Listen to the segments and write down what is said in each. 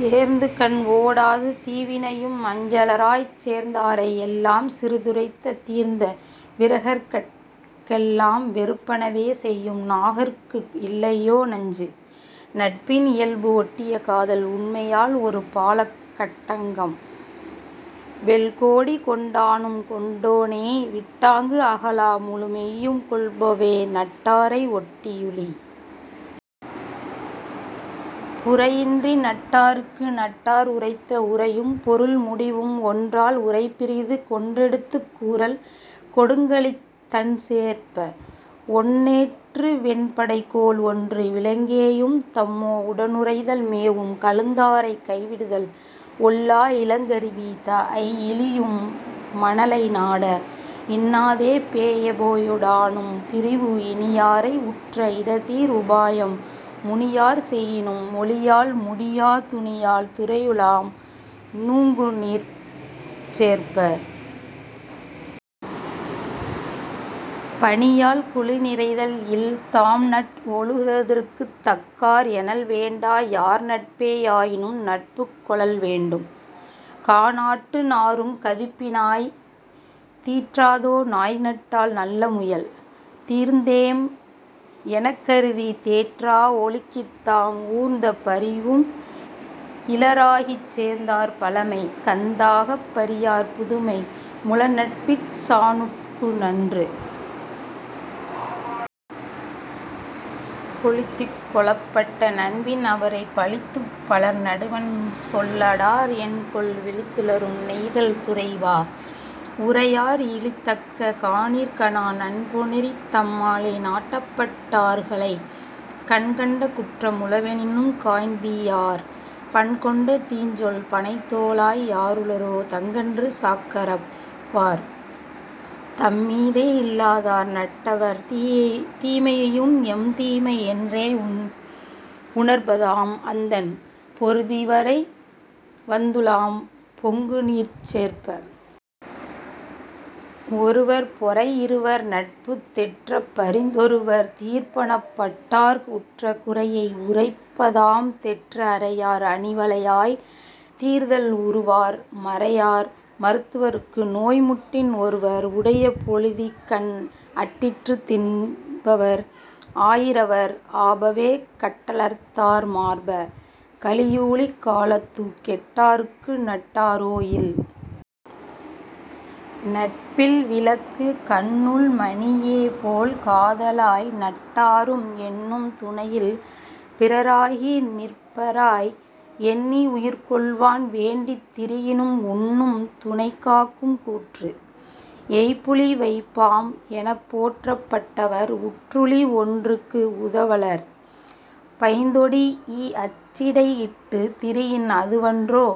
தேர்ந்துகண் ஓடாது தீவினையும் அஞ்சலராய்ச்। சேர்ந்தாரை யெல்லாம் சிறிதுரைத்துத் தீர்ந்த விரகர்கட் கெல்லாம் வெறுப்பனவே செய்யும் 'நரகர்கட்கு இல்லையோ நஞ்சு? '. நட்பின் இயல்பு ஒட்டிய காதல் 'உமையாள் ஒரு பாலக் கட்டங்கம் வெல்கொடி கொண்டானும் கொண்டானே' விட்டாங்கு அகலா முழுமெய்யும் கொள்பவே நட்டாரை ஒட்டி யுழி. புரையின்றி நட்டார்க்கு நட்டார் உரைத்த உரையும் பொருள்முடிவும் ஒன்றால் உரைபிறிது கொண்டெடுத்துக் கூறல் கொடுங்கழித் தண்சேர்ப்ப! 'ஒன்றேற்று வெண்படைக்கோள் ஒன்று'. விலங்கேயும் தம்மோ உடனுறைதல் மேவும் கலந்தாரைக் கைவிடுதல் ஒல்லா இலங்கருவி தாஅய் இழியும் மணலைநாட! 'இன்னாதே பேஎயோ டானும் பிரிவு'. இனியாரை உற்ற இடர்தீர் உபாயம் முனியார் செயினும் மொழியால் முடியா துனியால் திரையுலாம் நூங்குநீர்ச் சேர்ப்ப! 'பனியால் குளநிறைதல் இல்'. தாம்நட் ஒழுகுதற்குத் தக்கார் எனல்வேண்டா யார்நட்பே யாயினும் நட்புக் கொளல்வேண்டும் கானாட்டு நாறும் கதுப்பினாய்! 'தீற்றாதோ நாய்நட்டால் நல்ல முயல்? ' தீர்ந்தேம் எனக்கருதித் தேற்றா ஒழுகித்தாம் ஊர்ந்த பரிவும் இலராகிச் சேர்ந்தார் பழமை கந்தாகப் பரியார் புதுமை 'முழநட்பிற் சாணுட்கு நன்று'. கொழித்துக் கொளப்பட்ட நண்பின் அவரைப் பழித்துப் பலர்நடுவண் சொல்லாடார் என்கொல்? விழித்தலரும் நெய்தல் துறைவா! 'உரையார் இழித்தக்க காணிற் கனா'. நண்பொன்றித் தம்மாலே நாட்டப்பட்ட டார்களைக் கண்கண்ட குற்றம் உளவெனினும் காய்ந்தீயார் பண்கொண்ட தீஞ்சொல் பணைத்தோளாய்! 'யாருளரோ தங்கன்று சாக்கறப் பார்'. தம்தீமை இல்லாதார் நட்டவர் தீமையையும் எம்தீமை என்றே உணர்பதாம் அந்தண் பொருதிரை வந்துலாம் பொங்குநீர்ச் சேர்ப்ப! 'ஒருவர் பொறைஇருவர் நட்பு'. தெற்றப் பரிந்தொருவர் தீர்ப்பனப் பட்டார்க் உற்ற குறையை உரைப்பதாம் தெற்ற அறையார் அணிவளையாய்! தீர்தல் உறுவார் 'மறையார் மருத்துவர்க்கு நோய்'. முட்டின் ஒருவர் உடைய பொழுதின்கண் அட்டிற்றுத் தின்பவர் ஆயிரவர் ஆபவே கட்டலர்தார் மார்ப! கலியூழிக் காலத்துக் 'கெட்டார்க்கு நட்டாரோ இல்'.. நட்பில் விலக்கு கண்ணுள் மணியேபோல் காதலாய் நட்டாரும் எண்ணும் துணையில் பிறராகி நிற்பராய் எண்ணிஉயிர் கொள்வான் வேண்டித் திரியினும் 'உண்ணும் துணைக்காக்கும் கூற்று'. எயப்புழி வைப்பாம் எனப்போற்றப் பட்டவர் உற்றுழி ஒன்றுக்கு உதவலர் பைந்தொடீஇ! அச்சிடை இட்டுத் திரியின் அதுவன்றோ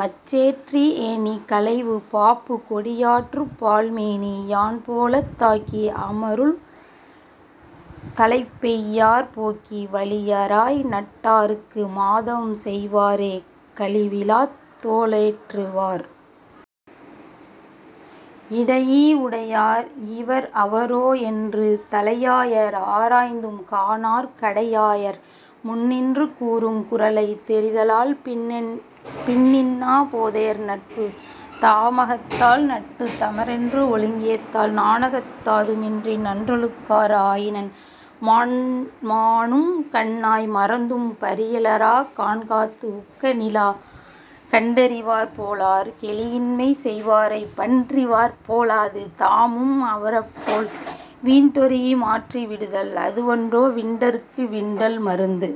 'மச்சேற்றி ஏணி களைவு. ' பாப்புக் கொடியாற்குப் பால்மேனி யான்போலத் தாக்கி அமருள் தலைப் பெய்யார் போக்கி வழியராய் நட்டார்க்கு மாதவம் செய்வாரே 'கழிவிழாத் தோளேற்று வார்'. இடையீ உடையார் இவர்அவரோ என்று தலையாயர் ஆராய்ந்தும் காணார் கடையாயர் முன்னின்று கூறும் குறளை தெரிதலால் 'பின்னின்னா பேதையார் நட்பு. ' தாமகத்தால் நட்டுத் தமரென்று ஒழுகியக்கால் நாணகத்துத் தாமின்றி நன்றொழுகார் ஆயினென் மான்மானும் கண்ணாய்! மறந்தும் பரியலரா 'கானகத்து உக்க நிலா'. கண்டறிவார் போலார் கெழீஇயின்மை செய்வாரைப் பண்டறிவார் போலாது தாமும் அவரபோல் விண்டொரீஇ மாற்றி விடுதல் அதுவன்றோ 'விண்டற்கு விண்டல் மருந்து'.